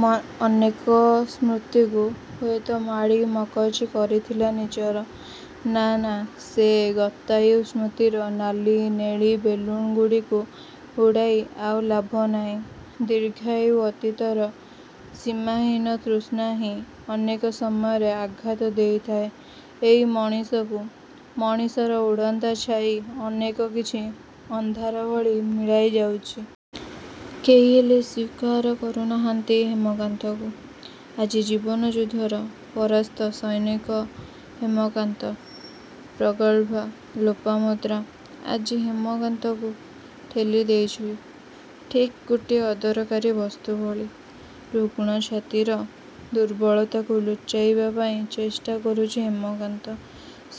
ମା ଅନେକ ସ୍ମୃତିକୁ ହୁଏତ ମାଡ଼ି ମକଚି କରିଥିଲା ନିଜର। ନାଁ ନାଁ ସେ ଗତାୟୁ ସ୍ମୃତିର ନାଲି ନେଳି ବେଲୁନ୍ ଗୁଡ଼ିକୁ ଉଡ଼ାଇ ଆଉ ଲାଭ ନାହିଁ-। ଦୀର୍ଘାୟୁ ଅତୀତର ସୀମାହୀନ ତୃଷ୍ଣା ହିଁ ଅନେକ ସମୟରେ ଆଘାତ ଦେଇଥାଏ ଏଇ ମଣିଷକୁ-। ମଣିଷର ଉଡ଼ନ୍ତା ଛାଇ ଅନେକ କିଛି ଅନ୍ଧାର ଭଳି ମିଳାଇ ଯାଉଛି। କେହିହେଲେ ସ୍ୱୀକାର କରୁନାହାଁନ୍ତି ହେମକାନ୍ତକୁ। ଆଜି ଜୀବନ ଯୁଦ୍ଧର ପରାସ୍ତ ସୈନିକ ହେମକାନ୍ତ। ପ୍ରଗଳ୍ଭା ଲୋପାମୁଦ୍ରା ଆଜି ହେମକାନ୍ତକୁ ଠେଲି ଦେଇଛି—ଠିକ୍ ଗୋଟିଏ ଅଦରକାରୀ ବସ୍ତୁ ଭଳି। ରୁଗ୍ଣ ଛାତିର ଦୁର୍ବଳତାକୁ ଲୁଚାଇବାପାଇଁ ଚେଷ୍ଟା କରୁଛି ହେମକାନ୍ତ।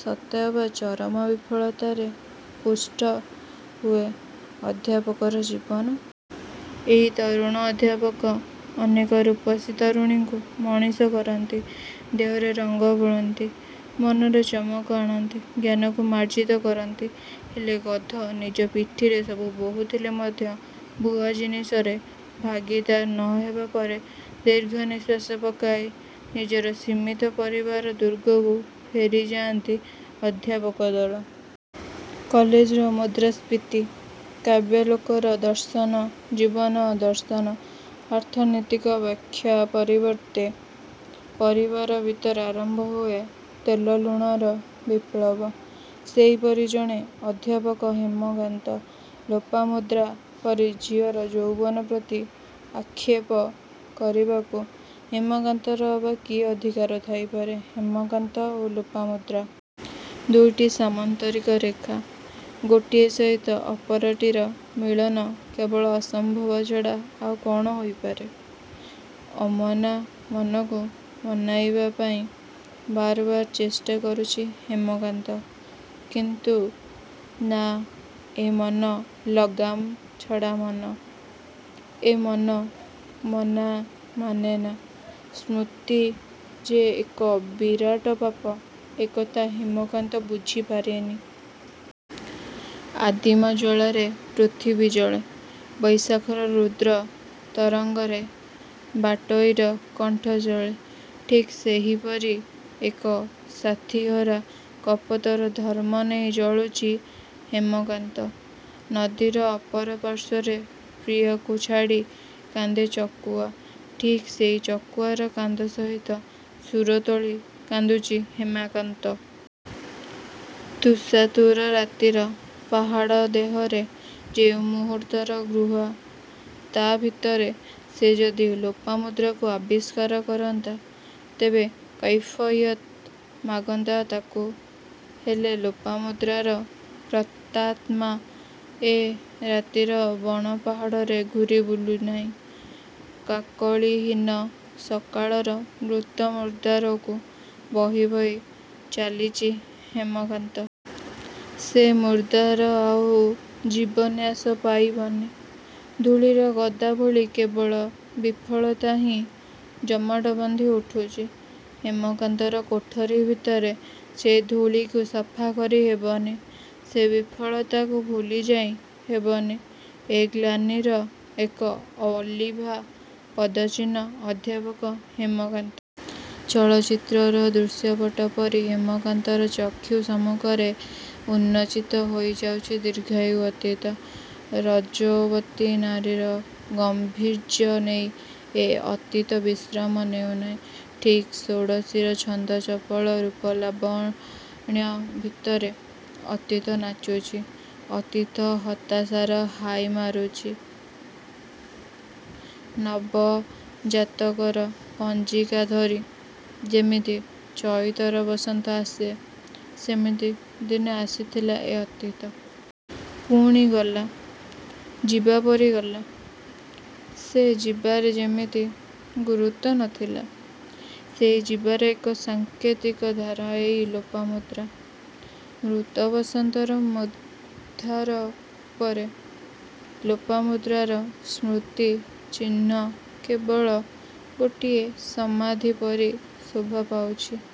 ସତେ ଅବା ଚରମ ବିଫଳତାରେ ହିଁ ପୁଷ୍ଟ ହୁଏ ଅଧ୍ୟାପକର ଜୀବନ। ଏଇ ତରୁଣ ଅଧ୍ୟାପକ... ଅନେକ ରୂପସୀ ତରୁଣୀଙ୍କୁ ମଣିଷ କରନ୍ତି। ଦେହରେ ରଙ୍ଗ ବୋଳନ୍ତି। ମନରେ ଚମକ ଆଣନ୍ତି। ଜ୍ଞାନକୁ ମାର୍ଜିତ କରନ୍ତି। ହେଲେ ଗଧ ନିଜ ପିଠିରେ ସବୁ ବହୁଥିଲେ ମଧ୍ୟ, ବୁହା ଜିନିଷରେ ଭାଗୀଦାର ନ ହେବା ପରେ, ଦୀର୍ଘ ନିଃଶ୍ୱାସ ପକାଇ ନିଜର ସୀମିତ ପରିବାର ଦୁର୍ଗକୁ ଫେରିଯାଆନ୍ତି ଅଧ୍ୟାପକ ଦଳ। କଲେଜର... ମୁଦ୍ରାସ୍ଫୀତି, କାବ୍ୟାଲୋକର ଦର୍ଶନ, ଜୀବନ ଦର୍ଶନ, ଆର୍ଥନୀତିକ ବ୍ୟାଖ୍ୟା ପରିବର୍ତ୍ତେ ପରିବାର ଭିତରେ ଆରମ୍ଭ ହୁଏ ତେଲ ଲୁଣର ବିପ୍ଳବ। ସେହିପରି ଜଣେ ଅଧ୍ୟାପକ ହେମକାନ୍ତ। ଲୋପାମୁଦ୍ରା ପରି ଝିଅର ଯୌବନ ପ୍ରତି ଆକ୍ଷେପ କରିବାକୁ ହେମକାନ୍ତର ଅବା କି ଅଧିକାର ଥାଇପାରେ। ହେମକାନ୍ତ ଓ ଲୋପାମୁଦ୍ରା। ଦୁଇଟି ସାମନ୍ତରିକ ରେଖା। ଗୋଟିଏ ସହିତ ଅପରଟିର ମିଳନ କେବଳ ଅସମ୍ଭବ ଛଡ଼ା ଆଉ କ'ଣ ହୋଇପାରେ? ଅମନା ମନକୁ ମନାଇବା ପାଇଁ ବାରବାର ଚେଷ୍ଟା କରୁଛି ହେମକାନ୍ତ। କିନ୍ତୁ..। ନାଁ... ଏ ମନ ଲଗାମ୍ ଛଡ଼ା ମନ। ଏ ମନ ମନା ମାନେନା। ସ୍ମୃତି ଯେ ଏକ ବିରାଟ ପାପ, ଏ କଥା ହେମକାନ୍ତ ବୁଝି ପାରେନି। ଆଦିମ ଜ୍ୱଳାରେ ପୃଥିବୀ ଜଳେ। ବୈଶାଖର ରୁଦ୍ର ତରଙ୍ଗରେ ବାଟୋଇର କଣ୍ଠ ଜଳେ। ଠିକ୍ ସେହିପରି ଏକ ସାଥୀହରା କପୋତର ଧର୍ମ ନେଇ ଜଳୁଛି ହେମକାନ୍ତ। ନଦୀର ଅପର ପାର୍ଶ୍ୱରେ ପ୍ରିୟାକୁ ଛାଡ଼ି କାନ୍ଦେ ଚକୁଆ। ଠିକ୍ ସେହି ଚକୁଆର କାନ୍ଦ ସହିତ ସୁର ତୋଳି କାନ୍ଦୁଛି ହେମାକାନ୍ତ। ତୃଷାତୁର ରାତିର ପାହାଡ଼ ଦେହରେ ଯେଉଁ ମୁହୂର୍ତ୍ତର ଗୃହା... ତା ଭିତରେ ସେ ଯଦି ଲୋପାମୁଦ୍ରାକୁ ଆବିଷ୍କାର କରନ୍ତା ତେବେ କୈଫୟତ୍ ମାଗନ୍ତା ତାକୁ-। ହେଲେ... ଲୋପାମୁଦ୍ରାର ପ୍ରତାତ୍ମା। ଏ ରାତିର ବଣ ପାହାଡ଼ରେ ଘୂରି ବୁଲୁନାହିଁ। କାକଳୀହୀନ ସକାଳର ମୃତ ମୁର୍ଦ୍ଦାରକୁ ବହି ବହି ଚାଲିଛି ହେମକାନ୍ତ। ସେ ମୂର୍ଦ୍ଦାର ଆଉ ଜୀବନ୍ୟାସ ପାଇବନି-। ଧୂଳିର ଗଦା ଭଳି କେବଳ ବିଫଳତା ହିଁ ଜମାଟ ବାନ୍ଧି ଉଠୁଛି ହେମକାନ୍ତର କୋଠରୀ ଭିତରେ-। ସେ ଧୂଳିକୁ ସଫାକରି ହେବନି। ସେ ବିଫଳତାକୁ ଭୁଲି ଯାଇ ହେବନି। ଏଇ ଗ୍ଲାନିର ଏକ ଅଲିଭା ପଦଚିହ୍ନ ଅଧ୍ୟାପକ ହେମକାନ୍ତ। ଚଳଚିତ୍ରର ଦୃଶ୍ୟପଟ ପରି ହେମକାନ୍ତର ଚକ୍ଷୁ ସମ୍ମୁଖରେ ଉନ୍ନୋଚିତ ହୋଇଯାଉଛି ଦୀର୍ଘାୟୁ ଅତୀତ। ରଜୋବତୀ ନାରୀର ଗାମ୍ଭୀର୍ଯ୍ୟ ନେଇ ଏ ଅତୀତ ବିଶ୍ରାମ ନେଉନାହିଁ। ଠିକ୍ ଷୋଡ଼ଶୀର ଛନ୍ଦଚପଳ ରୂପଲାବଣ୍ୟ ଭିତରେ ଅତୀତ ନାଚୁଛି.. ଅତୀତ ହତାଶାର ହାଇ ମାରୁଛି। ନବ ଜାତକର ପଞ୍ଜିକା ଧରି ଯେମିତି ଚଇତର ବସନ୍ତ ଆସେ, ସେମିତି ଦିନେ ଆସିଥିଲା ଏ ଅତୀତ। ପୁଣି ଗଲା.. ଯିବାପରି ଗଲା। ସେ ଯିବାରେ ଯେମିତି ଗୁରୁତ୍ୱ ନ ଥିଲା। ସେହି ଯିବାର ଏକ ସାଙ୍କେତିକ ଧାରା ଏହି ଲୋପାମୁଦ୍ରା। ମୃତ ବସନ୍ତର ମୂର୍ଧାର ଉପରେ ଲୋପାମୁଦ୍ରାର ସ୍ମୃତି ଚିହ୍ନ କେବଳ ଗୋଟିଏ ସମାଧି ପରି ଶୋଭା ପାଉଛି।